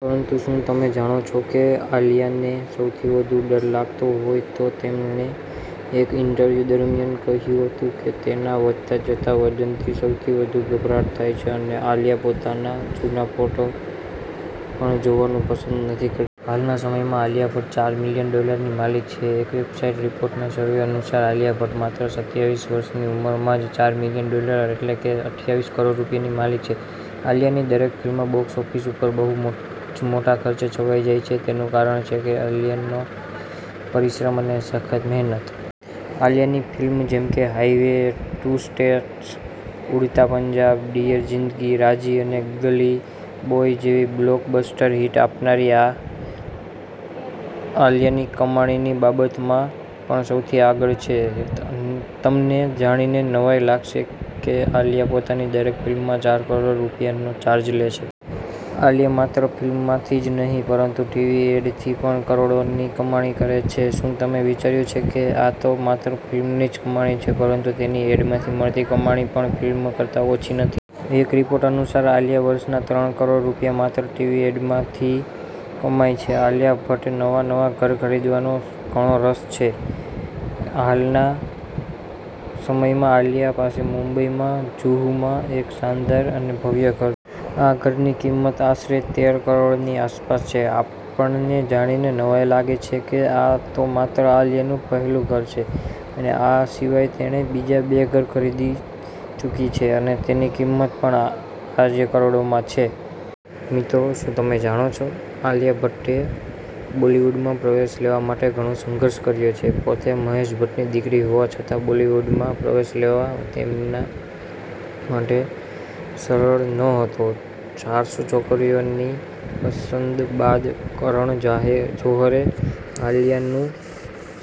પરંતુ શું તમે જાણો છો કે આલિયાને સૌથી વધુ ડર લાગતો હોય તો તેમણે એક ઇન્ટરવ્યૂ દરમિયાન કહ્યું હતું કે તેના વધતા જતા વજનથી સૌથી વધુ ગભરાટ થાય છે. અને આલિયા પોતાના જુના ફોટો પણ જોવાનું પસંદ નથી ક હાલના સમયમાં આલિયા ભટ્ટ ચાર મિલિયન ડોલરની માલિક છે. એક વેબસાઈટ રિપોર્ટના સર્વે અનુસાર આલિયા ભટ્ટ માત્ર સત્યાવીસ વર્ષની ઉંમરમાં જ ચાર મિલિયન ડોલર એટલે કે અથ્યાવીસ કરોડ રૂપિયાની માલિક છે. આલિયાની દરેક ફિલ્મ બોક્સ ઓફિસ ઉપર બહુ જ મોટા ખર્ચે છવાઈ જાય છે તેનું કારણ છે કે આલિયાનો પરિશ્રમ અને સખત મહેનત. આલિયાની ફિલ્મ જેમકે highway, two states, Udta Punjab, dear Zindagi, Raazi અને ગલી બોય જેવી બ્લોક બસ્ટર હિટ આપનારી આ આલિયાની કમાણીની બાબતમાં પણ સૌથી આગળ છે. તમને જાણીને નવાઈ લાગશે કે આલિયા પોતાની દરેક ફિલ્મમાં ચાર કરોડ રૂપિયાનો ચાર્જ લે છે. આલિયા માત્ર ફિલ્મ માંથી જ નહિ પરંતુ ટીવી એડ થી પણ કરોડોની કમાણી કરે છે. શું તમે વિચાર્યું છે કે આતો માત્ર ફિલ્મની જ કમાણી છે પરંતુ તેની એડ માંથી મળતી કમાણી પણ ફિલ્મ કરતા ઓછી નથી. એક રિપોર્ટ અનુસાર આલિયા વર્ષના ત્રણ કરોડ રૂપિયા માત્ર ટીવી એડ માંથી કમાય છે. આલિયા ભટ્ટ નવા નવા ઘર ખરીદવાનો ઘણો રસ છે. હાલના સમયમાં આલિયા પાસે મુંબઈમાં જુહુમાં એક શાનદાર અને ભવ્ય ઘર આ ઘરની કિંમત આશરે તેર કરોડની આસપાસ છે. આપણને જાણીને નવાઈ લાગે છે કે આ તો માત્ર આલિયા નું પહેલું ઘર છે અને આ સિવાય તેણે બીજા બે ઘર ખરીદી ચૂકી છે અને તેની કિંમત પણ આજે કરોડોમાં છે. મિત્રો શું તમે જાણો છો? આલિયા ભટ્ટે બોલિવૂડમાં પ્રવેશ લેવા માટે ઘણો સંઘર્ષ કર્યો છે. પોતે મહેશ ભટ્ટની દીકરી હોવા છતાં બોલિવૂડમાં પ્રવેશ લેવા તેમના માટે સરળ નહોતું ચારસો છોકરીઓની પસંદ બાદ કરણ જાહે જોહરે આલિયાનું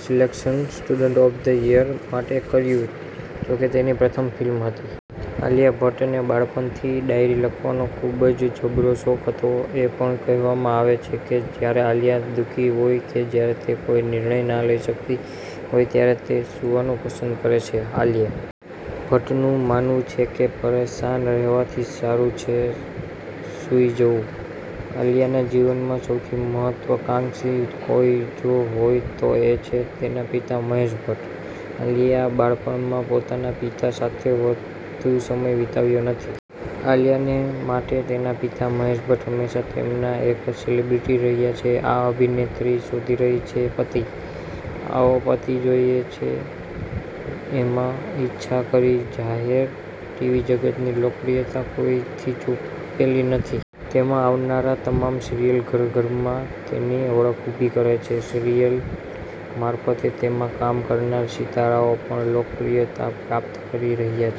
સિલેક્શન 'સ્ટુડન્ટ ઓફ ધ યર'માટે કર્યું જોકે તેની પ્રથમ ફિલ્મ હતી. આલિયા ભટ્ટ ને બાળપણથી ડાયરી લખવાનો ખૂબ જ જબરો શોખ હતો. એ પણ કહેવામાં આવે છે કે જ્યારે આલિયા દુઃખી હોય કે જ્યારે તે કોઈ નિર્ણય ના લઈ શક્તિ હોય ત્યારે તે સૂવાનું પસંદ કરે છે .આલિયા ભટ્ટ નું માનવું છે કે પરેશાન રહેવાથી સારું છે સુઈ જવું. આલિયાના જીવનમાં સૌથી મહત્વકાંક્ષી કોઈ જો હોય તો એ છે તેના પિતા મહેશ ભટ્ટ. આલિયા બાળપણમાં પોતાના પિતા સાથે વધુ સમય વિતાવ્યો નથી. આલિયા ને માટે તેના પિતા મહેશ ભટ્ટ હંમેશા તેમના એક સેલિબ્રિટી રહ્યા છે. આ અભિનેત્રી શોધી રહી છે પતિ, આવો પતિ જોઈએ છે એમ ઈચ્છા કરી જાહેર ટીવી જગત ની લોકપ્રિયતા કોઈ થી છુપેલી નથી. તેમાં આવનારા તમામ સિરિયલ ઘર ઘર માં તેની ઓળખ ઉભી કરે છે. સિરિયલ મારફતે તેમાં કામ કરનારા સિતારાઓ પણ લોકપ્રિયતા પ્રાપ્ત કરી રહ્યા છે.